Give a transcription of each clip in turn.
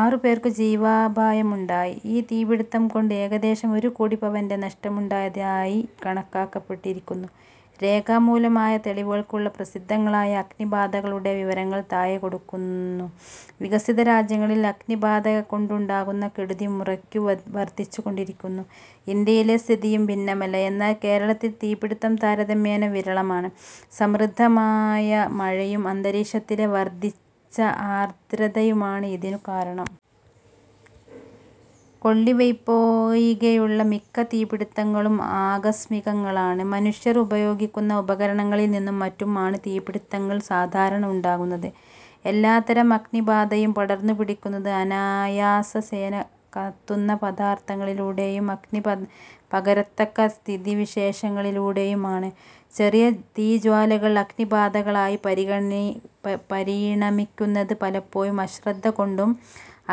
ആറു പേർക്കു ജീവാപായം ഉണ്ടായി. ഈ തീപിടിത്തംകൊണ്ട് ഏകദേശം ഒരുകോടി പവന്റെ നഷ്ടമുണ്ടായതായി കണക്കാക്കപ്പെട്ടിരിക്കുന്നു. രേഖാമൂലമായ തെളിവുകളുള്ള പ്രസിദ്ധങ്ങളായ അഗ്നിബാധകളുടെ വിവരങ്ങൾ താഴെ കൊടുക്കുന്നു. വികസിതരാജ്യങ്ങളിൽ അഗ്നിബാധകൊണ്ടുണ്ടാകുന്ന കെടുതി മുറയ്ക്കു വർധിച്ചു കൊണ്ടിരിക്കുന്നു. ഇന്ത്യയിലെ സ്ഥിതിയും ഭിന്നമല്ല. എന്നാൽ കേരളത്തിൽ തീപിടിത്തം താരതമ്യേന വിരളമാണ്. സമൃദ്ധമായ മഴയും, അന്തരീക്ഷത്തിലെ വർധിച്ച ആർദ്രതയുമാണ് ഇതിനു കാരണം. കൊള്ളിവയ്പൊഴികെയുള്ള മിക്ക തീപിടിത്തങ്ങളും ആകസ്മികങ്ങളാണ്. മനുഷ്യർ ഉപയോഗിക്കുന്ന ഉപകരണങ്ങളിൽനിന്നും മറ്റും ആണ് തീപിടിത്തങ്ങൾ സാധാരണ ഉണ്ടാകുന്നത്. എല്ലാത്തരം അഗ്നിബാധയും പടർന്നുപിടിക്കുന്നത് അനായാസേന കത്തുന്ന പദാർഥങ്ങളിലൂടെയും, അഗ്നി പകരത്തക്ക സ്ഥിതിവിശേഷങ്ങളിലൂടെയും ആണ്. ചെറിയ തീജ്വാലകൾ അഗ്നിബാധകളായി പരിണമിപരിണമിക്കുന്നത് പലപ്പോഴും അശ്രദ്ധകൊണ്ടും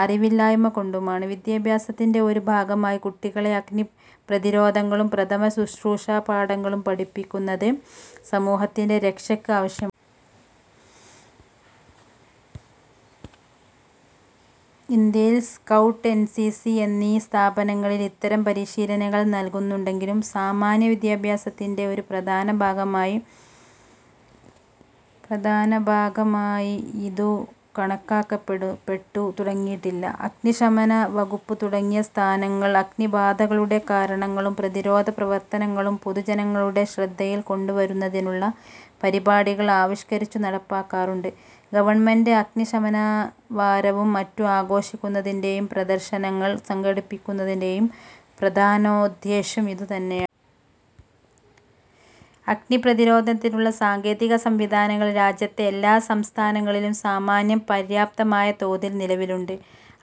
അറിവില്ലായ്മകൊണ്ടുമാണ്. വിദ്യാഭ്യാസത്തിന്റെ ഒരു ഭാഗമായി കുട്ടികളെ അഗ്നിപ്രതിരോധങ്ങളും പ്രഥമശുശ്രൂഷാപാഠങ്ങളും പഠിപ്പിക്കുന്നത്, സമൂഹത്തിന്റെ രക്ഷയ്ക്ക് ആവശ്യമാണ്. ഇന്ത്യയിൽ സ്കൗട്ട്, എൻ. സി. സി എന്നീ പ്രസ്ഥാനങ്ങളിൽ ഇത്തരം പരിശീലനങ്ങൾ നല്പ്രധാന ഭാഗമായികുന്നുണ്ടെങ്കിലും സാമാന്യവിദ്യാഭ്യാസത്തിന്റെ ഒരു പ്രധാന ഭാഗമായി ഇതു കണക്കാക്കപ്പെട്ടു തുടങ്ങിയിട്ടില്ല. അഗ്നിശമനവകുപ്പ് തുടങ്ങിയ സ്ഥാപനങ്ങൾ അഗ്നിബാധകളുടെ കാരണങ്ങളും പ്രതിരോധപ്രവർത്തനങ്ങളും പൊതുജനങ്ങളുടെ ശ്രദ്ധയിൽ കൊണ്ടുവരുന്നതിനുള്ള പരിപാടികൾ ആവിഷ്കരിച്ചു നടപ്പാക്കാറുണ്ട്. ഗവൺമെന്റ് അഗ്നിശമനവാരവും മറ്റും ആഘോഷിക്കുന്നതിന്റെയും പ്രദർശനങ്ങൾ സംഘടിപ്പിക്കുന്നതിന്റെയും പ്രധാനോദ്ദേശ്യം ഇതുതന്നെയാണ്. അഗ്നിപ്രതിരോധത്തിനുള്ള സാങ്കേതിക സംവിധാനങ്ങൾ രാജ്യത്തെ എല്ലാ സംസ്ഥാനങ്ങളിലും സാമാന്യം പര്യാപ്തമായ തോതിൽ നിലവിലുണ്ട്.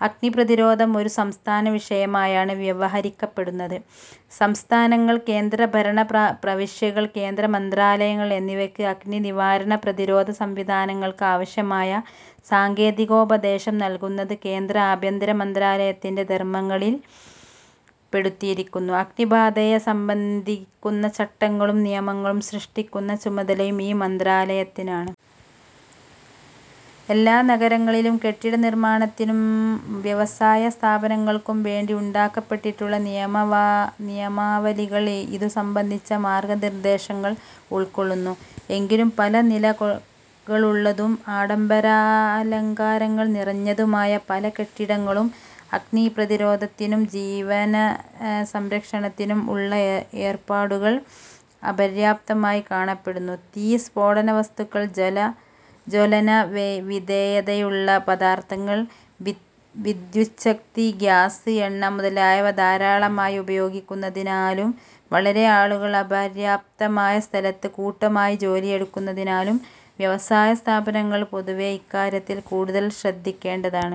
അഗ്നിപ്രതിരോധം ഒരു സംസ്ഥാന വിഷയമായാണ് വ്യവഹരിക്കപ്പെടുന്നത്. സംസ്ഥാനങ്ങൾ, കേന്ദ്രഭരണ പ്രവി പ്രവിശ്യകൾ, കേന്ദ്ര മന്ത്രാലയങ്ങൾ എന്നിവയ്ക്ക് അഗ്നിനിവാരണ/പ്രതിരോധ സംവിധാനങ്ങൾക്ക് ആവശ്യമായ സാങ്കേതികോപദേശം നല്കുന്നത് കേന്ദ്ര ആഭ്യന്തര മന്ത്രാലയത്തിന്റെ ധർമങ്ങളിൽ പെടുത്തിയിരിക്കുന്നു; അഗ്നിബാധയെ സംബന്ധിക്കുന്ന ചട്ടങ്ങളും നിയമങ്ങളും സൃഷ്ടിക്കുന്ന ചുമതലയും ഈ മന്ത്രാലയത്തിനാണ്. എല്ലാ നഗരങ്ങളിലും കെട്ടിടനിർമ്മാണത്തിനും വ്യവസായസ്ഥാപനങ്ങൾക്കുംവേണ്ടി ഉണ്ടാക്കപ്പെട്ടിട്ടുള്ള നിയമാവലികൾ ഇതു സംബന്ധിച്ച മാർഗനിർദ്ദേശങ്ങൾ ഉൾക്കൊള്ളുന്നു. എങ്കിലും പല നിലകളുള്ളതും ആഡംബരാലങ്കാരങ്ങൾ നിറഞ്ഞതുമായ പല കെട്ടിടങ്ങളിലും അഗ്നിപ്രതിരോധത്തിനും ജീവധനസംരക്ഷണത്തിനും ഉള്ള ഏർപ്പാടുകൾ അപര്യാപ്തമായി കാണപ്പെടുന്നു. തീയ്, സ്ഫോടകവസ്തുക്കൾ, ജ്വലനവിധേയതയുള്ള പദാർഥങ്ങൾ, വിദ്യുച്ഛക്തി, ഗ്യാസ്, എണ്ണ മുതലായവ ധാരാളമായി ഉപയോഗിക്കുന്നതിനാലും വളരെ ആളുകൾ അപര്യാപ്തമായ സ്ഥലത്ത് കൂട്ടമായി ജോലിയെടുക്കുന്നതിനാലും വ്യവസായസ്ഥാപനങ്ങൾ പൊതുവേ ഇക്കാര്യത്തിൽ കൂടുതൽ ശ്രദ്ധിക്കേണ്ടതാണ്.